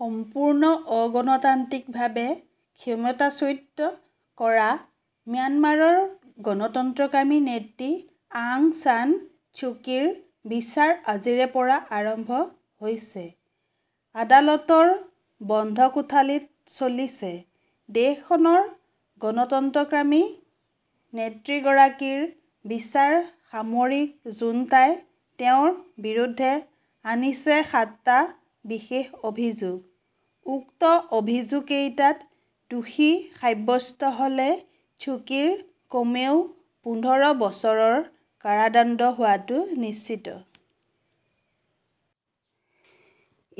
সম্পূৰ্ণ অগণতান্ত্ৰিক ভাবে ক্ষমতাচ্যুত কৰা ম্যানমাৰৰ গণতন্ত্ৰকামী নেত্ৰী আং চান চ্যুকীৰ বিচাৰ আজিৰে পৰা আৰম্ভ হৈছে। আদালতৰ বন্ধ কোঠালীত চলিছে দেশ খনৰ গণতন্ত্ৰকামী নেত্ৰীগৰাকীৰ বিচাৰ সামৰিক জুণ্টাই তেওঁৰ বিৰুদ্ধে আনিছে সাতটা বিশেষ অভিযোগ। উক্ত অভিযোগ কেইটাত দোষী সাৱস্ত্য হলে চ্যুকীৰ কমেও পোন্ধৰ বছৰৰ কাৰাদণ্ড হোৱাটো নিশ্চিত।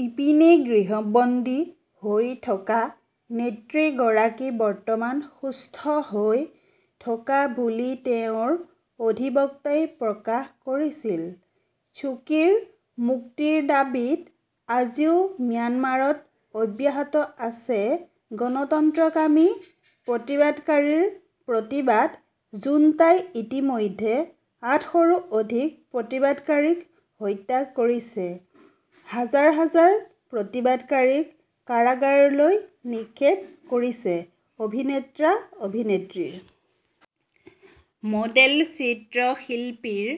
ইপিনে গৃহবন্দী হৈ থকা নেত্ৰীগৰাকী বৰ্তমান সুস্থ হৈ থকা বুলি তেওঁৰ অধিবক্তাই প্ৰকাশ কৰিছিল। চ্যুকীৰ মুক্তিৰ দাবীত আজিও ম্যানমাৰত অব্যাহত আছে গণতন্ত্ৰকামী প্ৰতিবাদকাৰীৰ প্ৰতিবাদ জুণ্টাই ইতিমধ্যে আঠশৰো অধিক প্ৰতিবাদকাৰীক হত্যা কৰিছে। হাজাৰ হাজাৰ প্ৰতিবাদকাৰীক কাৰাগাৰলৈ নিক্ষেপ কৰিছে। অভিনেত্ৰা-অভিনেত্ৰী মডেল চিত্ৰ শিল্পীৰ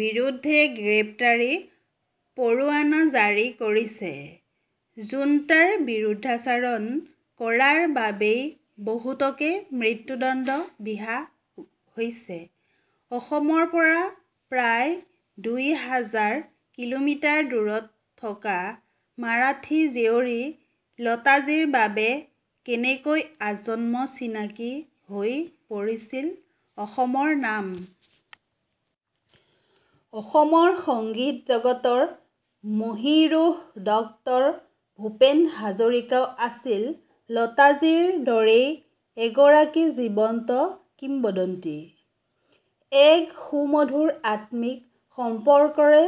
বিৰুদ্ধে গ্ৰেপ্তাৰী পৰোৱানা জাৰি কৰিছে। জুণ্টাৰ বিৰুদ্ধাচৰণ কৰাৰ বাবেই বহুতকে মৃত্যুদণ্ড বিহা হৈছে । অসমৰ পৰা প্ৰায় দুই হাজাৰ কিলোমিটাৰ দূৰত থকা মাৰাঠী জীয়ৰী লতাজীৰ বাবে কেনেকৈ আজন্ম চিনাকী হৈ পৰিছিল অসমৰ নাম? অসমৰ সংগীত জগতৰ মহীৰূহ ডক্টৰ ভূপেন হাজৰিকাও আছিল লতাজীৰ দৰেই এগৰাকী জীৱন্ত কিম্বদন্তী। এক সুমধুৰ আত্মিক সম্পৰ্কৰে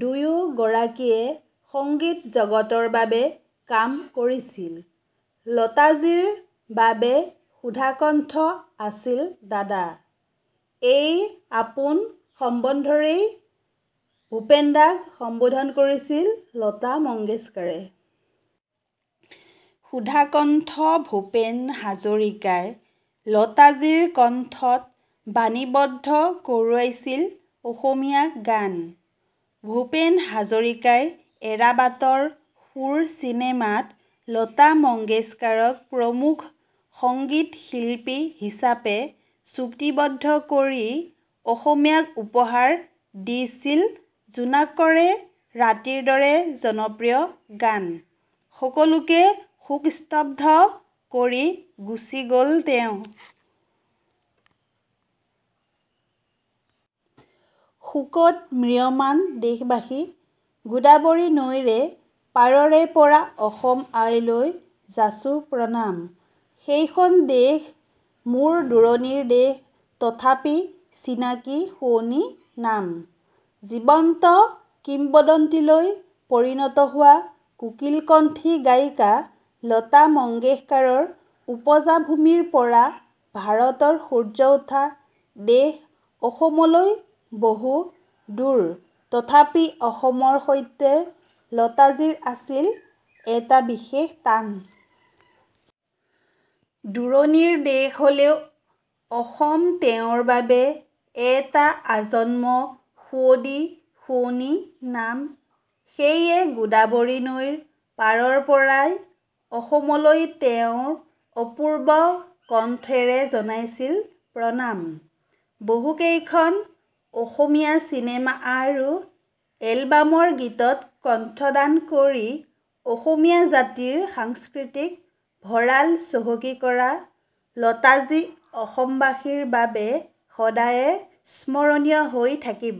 দুয়ো গৰাকীয়ে সংগীত জগতৰ বাবে কাম কৰিছিল। লতাজীৰ বাবে সুধাকণ্ঠ আছিল দাদা। এই আপোন সম্বন্ধৰেই ভূপেন দাক সম্বোধন কৰিছিল লতা মংগেশকাৰে। সুধাকণ্ঠ ভূপেন হাজাৰিকাই লতাজীৰ কণ্ঠত বাণীবদ্ধ কৰোৱাইছিল অসমীয়া গান। ভূপেন হাজাৰিকাই এৰা বাটৰ সুৰ চিনেমাত লতা মংগেশকাৰক প্ৰমূখ সংগীত শিল্পী হিচাপে চুক্তিবদ্ধ কৰি অসমীয়াক উপহাৰ দিছিল জোনাকৰে ৰাতিৰ দৰে জনপ্ৰিয় গান। সকলোকে শোকস্তব্দ্ধ কৰি গুচি গল তেওঁ। শোকত ম্ৰিয়মান দেশবাসী। গোদাবৰী নৈৰে পাৰৰে পৰা অসম আইলৈ যাচোঁ প্ৰণাম। সেইখন দেশ মোৰ দূৰণিৰ দেশ তথাপি চিনাকি শুৱনি নাম। জীৱন্ত কিম্বদন্তীলৈ পৰিণত হোৱা কোকিল কণ্ঠী গায়িকা লতা মংগেশকাৰৰ ওপজা ভূমিৰ পৰা ভাৰতৰ সূৰ্য উঠা দেশ অসমলৈ বহু দূৰ তথাপি অসমৰ সৈতে লতাজীৰ আছিল এটা বিশেষ টান। দূৰণিৰ দেশ হলেও অসম তেওঁৰ বাবে এটা আজন্ম সুৱদী শুৱনি নাম। সেয়ে গোদাবৰী নৈৰ পাৰৰ পৰাই অসমলৈ তেওঁৰ অপূৰ্ব কণ্ঠেৰে জনাইছিল প্ৰণাম। বহু কেইখন অসমীয়া চিনেমা আৰু এলবামৰ গীতত কণ্ঠদান কৰি অসমীয়া জাতিৰ সাংস্কৃতিক ভঁড়াল চহকী কৰা লতাজী অসমবাসীৰ বাবে সদায়ে স্মৰণীয় হৈ থাকিব।